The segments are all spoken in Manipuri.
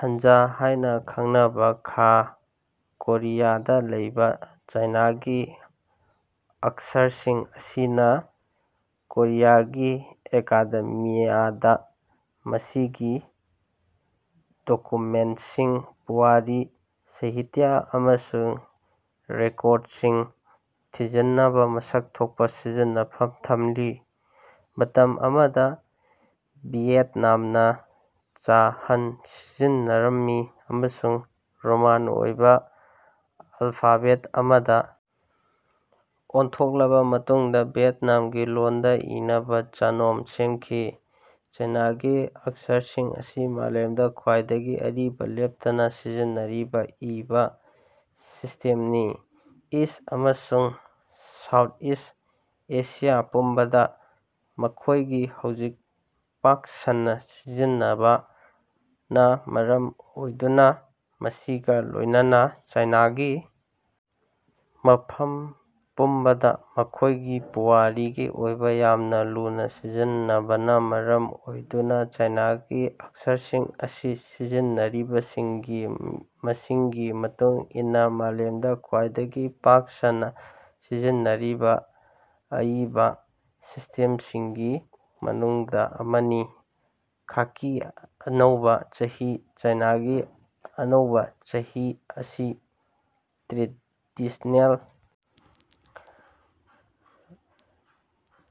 ꯍꯥꯟꯖꯥ ꯍꯥꯏꯅꯥ ꯈꯪꯅꯕꯥ ꯈꯥ ꯀꯣꯔꯤꯌꯥꯗꯥ ꯂꯩꯕꯥ ꯆꯥꯏꯅꯥꯒꯤ ꯑꯛꯁꯔꯁꯤꯡ ꯑꯁꯤꯅꯥ ꯀꯣꯔꯤꯌꯥꯒꯤ ꯑꯦꯀꯥꯗꯦꯃꯤꯌꯥꯗꯥ ꯃꯁꯤꯒꯤ ꯗꯣꯀꯨꯃꯦꯟꯠꯁꯤꯡ ꯄꯨꯋꯥꯔꯤ ꯁꯥꯍꯤꯇ꯭ꯌ ꯑꯃꯁꯨꯡ ꯔꯦꯀꯣꯔꯗꯁꯤꯡ ꯊꯤꯖꯤꯟꯅꯕꯥ ꯃꯁꯛ ꯊꯣꯛꯄꯥ ꯁꯤꯖꯤꯟꯅꯐꯝ ꯊꯝꯂꯤ꯫ ꯃꯇꯝ ꯑꯃꯗꯥ ꯚꯤꯌꯦꯠꯅꯥꯝꯅꯥ ꯆ ꯍꯥꯟ ꯁꯤꯖꯤꯟꯅꯔꯝꯃꯤ ꯑꯃꯁꯨꯡ ꯔꯣꯃꯥꯟ ꯑꯣꯏꯕꯥ ꯑꯜꯐꯥꯕꯦꯠ ꯑꯃꯗꯥ ꯑꯣꯟꯊꯣꯛꯂꯕꯥ ꯃꯇꯨꯡꯗꯥ ꯚꯤꯌꯦꯠꯅꯥꯝꯒꯤ ꯂꯣꯟꯗꯥ ꯏꯅꯕꯥ ꯆ꯭ꯍ ꯅꯣꯝ ꯁꯦꯝꯈꯤ꯫ ꯆꯥꯏꯅꯥꯒꯤ ꯑꯛꯁꯔꯁꯤꯡ ꯑꯁꯤ ꯃꯥꯂꯦꯝꯗꯥ ꯈ꯭ꯋꯥꯏꯗꯒꯤ ꯑꯔꯤꯕꯥ ꯂꯦꯞꯇꯅꯥ ꯁꯤꯖꯤꯟꯅꯔꯤꯕꯥ ꯏꯕꯥ ꯁꯤꯁ꯭ꯇꯦꯝꯅꯤ꯫ ꯏꯁ꯭ꯠ ꯑꯃꯁꯨꯡ ꯁꯥꯎꯊꯏꯁ꯭ꯠ ꯑꯦꯁꯤꯌꯥ ꯄꯨꯝꯕꯗꯥ ꯃꯈꯣꯏꯒꯤ ꯍꯧꯖꯤꯛ ꯄꯥꯛ ꯁꯟꯅꯥ ꯁꯤꯖꯤꯟꯅꯕꯅꯥ ꯃꯔꯝ ꯑꯣꯏꯗꯨꯅꯥ ꯃꯁꯤꯒꯥ ꯂꯣꯏꯅꯅꯥ ꯆꯥꯏꯅꯥꯒꯤ ꯃꯐꯝ ꯄꯨꯝꯕꯗꯥ ꯃꯈꯣꯏꯒꯤ ꯄꯨꯋꯥꯔꯤꯒꯤ ꯑꯣꯏꯕꯥ ꯌꯥꯝꯅꯥ ꯂꯨꯅꯥ ꯁꯤꯖꯤꯟꯅꯕꯅꯥ ꯃꯔꯝ ꯑꯣꯏꯗꯨꯅꯥ ꯆꯥꯏꯅꯥꯒꯤ ꯑꯛꯁꯔꯁꯤꯡ ꯑꯁꯤ ꯁꯤꯖꯤꯟꯅꯔꯤꯕꯁꯤꯡꯒꯤ ꯃꯁꯤꯡꯒꯤ ꯃꯇꯨꯡ ꯏꯟꯅꯥ ꯃꯥꯂꯦꯝꯗꯥ ꯈ꯭ꯋꯥꯏꯗꯒꯤ ꯄꯥꯛ ꯁꯟꯅꯥ ꯁꯤꯖꯤꯟꯅꯔꯤꯕꯥ ꯑꯏꯕꯥ ꯁꯤꯁ꯭ꯇꯦꯝꯁꯤꯡꯒꯤ ꯃꯅꯨꯡꯗꯥ ꯑꯃꯅꯤ꯫ ꯈꯥꯀꯤ ꯑꯅꯧꯕ ꯆꯍꯤ ꯆꯥꯏꯅꯥꯒꯤ ꯑꯅꯧꯕꯥ ꯆꯍꯤꯑꯁꯤ ꯇ꯭ꯔꯦꯗꯤꯁ꯭ꯅꯦꯜ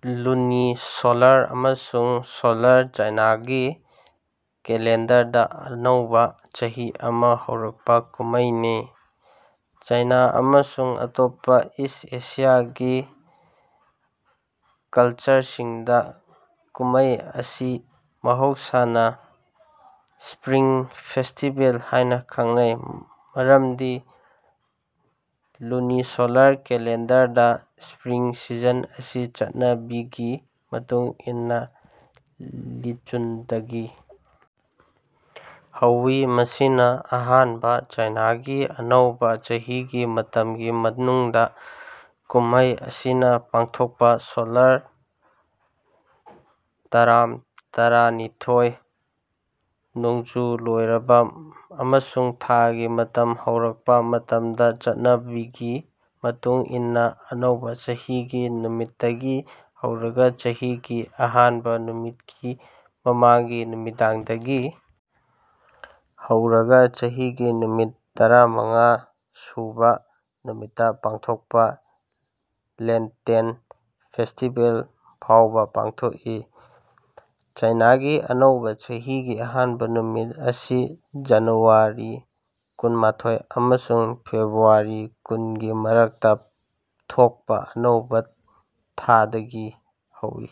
ꯂꯨꯅꯤꯁꯣꯂꯔ ꯑꯃꯁꯨꯡ ꯁꯣꯂꯔ ꯆꯥꯏꯅꯥꯒꯤ ꯀꯦꯂꯦꯟꯗꯔꯗꯥ ꯑꯅꯧꯕ ꯆꯍꯤ ꯑꯃꯥ ꯍꯧꯔꯛꯄ ꯀꯨꯝꯃꯩꯅꯤ꯫ ꯆꯥꯏꯅ ꯑꯃꯁꯨꯡ ꯑꯇꯣꯞꯄꯥ ꯏꯁ꯭ꯠ ꯑꯦꯁꯤꯌꯥꯒꯤ ꯀꯜꯆꯔꯁꯤꯡꯗꯥ ꯀꯨꯝꯃꯩ ꯑꯁꯤ ꯃꯍꯧꯁꯥꯅ ꯁ꯭ꯄꯔꯤꯡ ꯐꯦꯁꯇꯤꯕꯦꯜ ꯍꯥꯏꯅꯥ ꯈꯪꯅꯩ ꯃꯔꯝꯗꯤ ꯂꯨꯅꯤꯁꯣꯂꯥꯔ ꯀꯦꯂꯦꯟꯗꯔꯗꯥ ꯁ꯭ꯄꯔꯤꯡ ꯁꯤꯖꯟ ꯑꯁꯤ ꯆꯠꯅꯕꯤꯒꯤ ꯃꯇꯨꯡ ꯏꯟꯅꯥ ꯂꯤꯆꯨꯟꯗꯒꯤ ꯍꯧꯏ ꯃꯁꯤꯅꯥ ꯑꯍꯥꯟꯕ ꯆꯥꯏꯅꯥꯒꯤ ꯑꯅꯧꯕ ꯆꯍꯤꯒꯤ ꯃꯇꯝꯒꯤ ꯃꯅꯨꯡꯗꯥ ꯀꯨꯝꯃꯩ ꯑꯁꯤꯅꯥ ꯄꯥꯡꯊꯣꯛꯄꯥ ꯁꯣꯂꯥꯔ ꯇꯔꯝ ꯇꯔꯥꯅꯤꯊꯣꯏ꯫ ꯅꯣꯡꯖꯨ ꯂꯣꯏꯔꯕꯥ ꯑꯃꯁꯨꯡ ꯊꯥꯒꯤ ꯃꯇꯝ ꯍꯧꯔꯛꯄꯥ ꯃꯇꯝꯗꯥ ꯆꯠꯅꯕꯤꯒꯤ ꯃꯇꯨꯡ ꯏꯟꯅꯥ ꯑꯅꯧꯕ ꯆꯍꯤꯒꯤ ꯅꯨꯃꯤꯠꯇꯒꯤ ꯍꯧꯔꯒꯥ ꯆꯍꯤꯒꯤ ꯑꯍꯥꯟꯕꯥ ꯅꯨꯃꯤꯠꯀꯤ ꯃꯃꯥꯡꯒꯤ ꯅꯨꯃꯤꯗꯥꯡꯗꯒꯤ ꯍꯧꯔꯒꯥ ꯆꯍꯤꯒꯤ ꯅꯨꯃꯤꯠ ꯇꯔꯥꯃꯉꯥꯁꯨꯕ ꯅꯨꯃꯤꯠꯇꯥ ꯄꯥꯡꯊꯣꯛꯄꯥ ꯂꯦꯟꯇꯦꯟ ꯐꯦꯁꯇꯤꯕꯦꯜ ꯐꯥꯎꯕ ꯄꯥꯡꯊꯣꯛꯏ꯫ ꯆꯥꯏꯅꯥꯒꯤ ꯑꯅꯧꯕꯥ ꯆꯍꯤꯒꯤ ꯑꯍꯥꯟꯕ ꯅꯨꯃꯤꯠ ꯑꯁꯤ ꯖꯅꯨꯋꯥꯔꯤ ꯀꯨꯟꯃꯥꯊꯣꯏ ꯑꯃꯁꯨꯡ ꯐꯦꯕ꯭ꯔꯨꯋꯥꯔꯤ ꯀꯨꯟꯒꯤ ꯃꯔꯛꯇꯥ ꯊꯣꯛꯄꯥ ꯑꯅꯧꯕ ꯊꯥꯗꯒꯤ ꯍꯧꯏ꯫